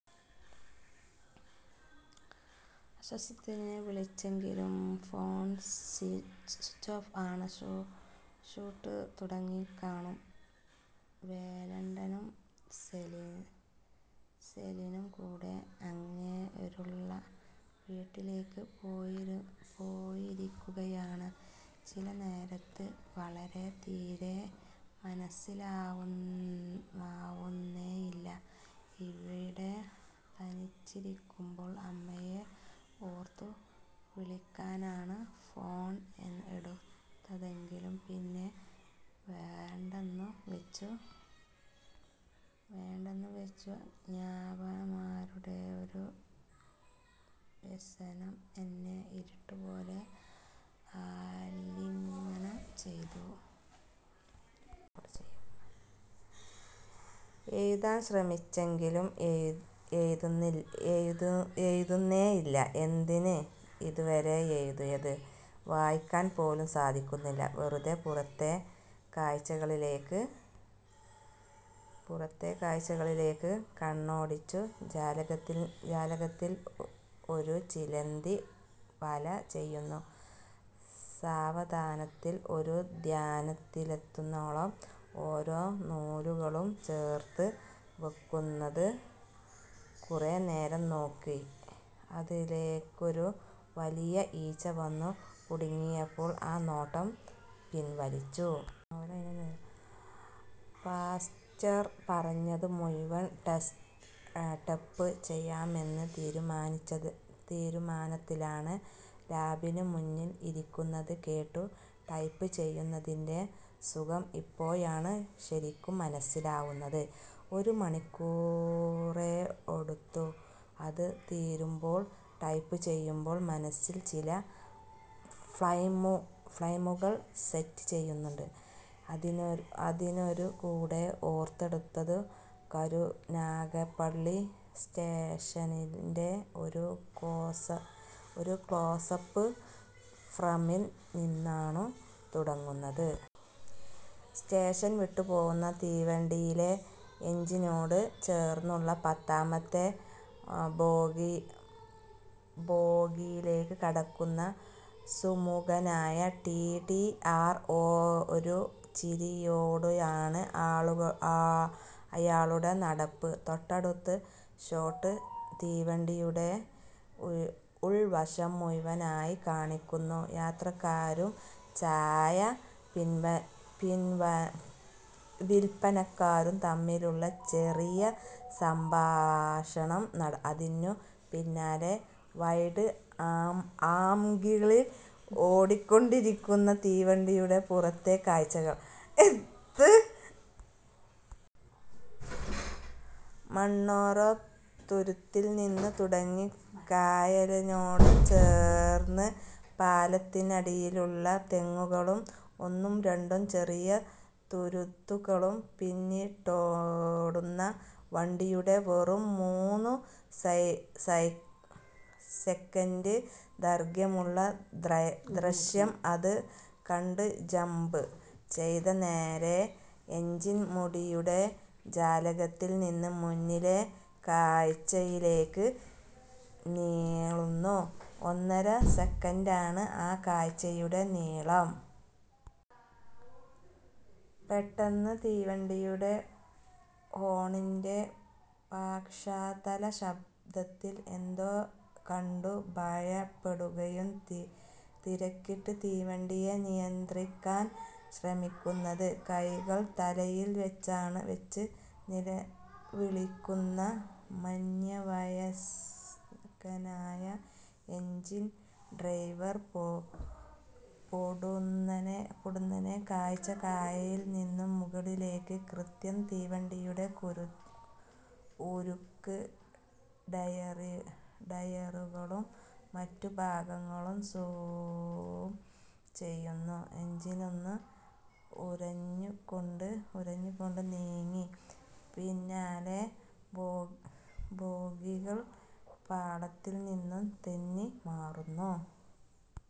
അശ്വന്തിനെ വിളിച്ചെങ്കിലും phone switch off ആണ്. Shoot തുടങ്ങിക്കാണും. വേലണ്ണനും സെലിനും കൂടെ അങ്ങേരുടെ വീട്ടിലേക്ക് പോയിരിക്കുകയാണ്. ചില നേരത്ത് അവളെ തീരെ മനസിലാവുന്നേയില്ല. ഇവിടെ തനിച്ചിരിക്കുമ്പോൾ അമ്മയെ ഓർത്തു. വിളിക്കാനായി ഫോൺ എടുത്തെങ്കിലും പിന്നെ വേണ്ടെന്നു വെച്ചു. അജ്ഞാതമായൊരു വ്യസനം എന്നെ ഇരുട്ടുപോലെ ആലിംഗനം ചെയ്യുന്നു. എഴുതാൻ ശ്രമിച്ചെങ്കിലും കഴിയുന്നേയില്ല. എന്തിന്, ഇതുവരെ എഴുതിയത് വായിക്കാൻ പോലും സാധിക്കുന്നില്ല. വെറുതെ പുറത്തെ കാഴ്ചകളിലേക്ക് കണ്ണോടിച്ചു. ജാലകത്തിൽ ഒരു ചിലന്തി വല നെയ്യുന്നു. സാവധാനത്തിൽ, ഒരു ധ്യാനത്തിലെന്നോണം ഓരോ നൂലുകളും ചേർച്ചു വെക്കുന്നത് കുറേനേരം നോക്കി. അതിലേക്കൊരു വലിയ ഈച്ച വന്നു കുരുങ്ങിയപ്പോൾ ആ നോട്ടം പിൻവലിച്ചു. പാസ്റ്റർ പറഞ്ഞതു മുഴുവൻ ടെപ്പ് ചെയ്യാമെന്ന തീരുമാനത്തിലാണ് ലാപിനു മുന്നിൽ ഇരിക്കുന്നത്. കേട്ടു ടെപ്പ് ചെയ്യുന്നതിന്റെ സുഖം ഇപ്പോഴാണ് ശരിക്കും മനസിലാവുന്നത്. ഒരുമണിക്കൂറെടുത്തു അത് തീരുമ്പോൾ. ടൈപ്പ് ചെയ്യുമ്പോൾ മനസിൽ ചില ഫ്രൈമുകൾ സെറ്റ് ചെയ്തിരുന്നു. അതൊന്നുകൂടെ ഓർത്തെടുത്തു; കരുനാഗപ്പള്ളി സ്റ്റേഷന്റെ ഒരു ക്ലോസപ്പ് ഫ്രൈമിൽ നിന്നാണതു തുടങ്ങുന്നത്. സ്റ്റേഷൻ വിട്ടുപോവുന്ന തീവണ്ടിയിലെ എഞ്ചിനോടു ചേർന്നുള്ള പത്താമത്തെ ബോഗിയിലേക്ക് കടക്കുന്ന സുമുഖനായ ടീടി ആർ. ഒരു ചിരിയോടെയാണ് അയാളുടെ നടപ്പ്. തൊട്ടടുത്ത ഷോട്ട്, തീവണ്ടിയുടെ ഉൾവശം മുഴുവനായി കാണിക്കുന്നു. യാത്രക്കാരും ചായ വിൽപ്പനക്കാരും തമ്മിലുള്ള ചെറിയ സംഭാഷണം. അതിനു പിന്നാലെ വൈഡ് ആംഗിളിൽ ഓടിക്കൊണ്ടിരിക്കുന്ന തീവണ്ടിയുടെ പുറത്തെ കാഴ്ചകൾ. മൺറോ തുരുത്തിൽ നിന്നും തുടങ്ങി കായലിനോടു ചേർന്ന്, പാലത്തിനരികിലുള്ള തെങ്ങുകളും ഒന്നുരണ്ടു ചെറിയ തുരുത്തുകളും പിന്നിട്ടോടുന്ന വണ്ടിയുടെ വെറും മൂന്നുസെക്കന്റ് ദൈർഖ്യമുള്ള ദൃശ്യം. അത് കട്ട്ജംബ് ചെയ്ത നേരെ എഞ്ചിൻ മുറിയുടെ ജാലകത്തിൽ നിന്നും മുന്നിലെ കാഴ്ചയിലേക്ക് നീളുന്നു… ഒന്നര സെക്കന്റാണ് ആ കാഴ്ച്ചയുടെ നീളം. പെട്ടന്ന് തീവണ്ടിയുടെ ഹോണിന്റെ പാശ്ചാത്തല ശബ്ദത്തിൽ എന്തോ കണ്ടു ഭയപ്പെടുകയും തിരക്കിട്ട് തീവണ്ടിയെ നിയന്ത്രിക്കാൻ ശ്രമിക്കുന്നത്. കൈകൾ തലയിൽവെച്ച് നിലവിളിക്കുന്ന മധ്യവയസ്കനായ എഞ്ചിൻ ഡ്രൈവർ. പൊടുന്നനെ കാഴ്ച കായലിൽ നിന്നും മുകളിലേക്ക്, കൃത്യം തീവണ്ടിയുടെ ഉരുക്ക് ടയറുകളും മറ്റുഭാഗങ്ങളും സൂം ചെയ്യുന്നു. എഞ്ചിനൊന്നു ഉരഞ്ഞുകൊണ്ട് നീങ്ങി, പിന്നാലെ ബോഗികൾ പാളത്തിൽ നിന്നും തെന്നി മാറുന്നു.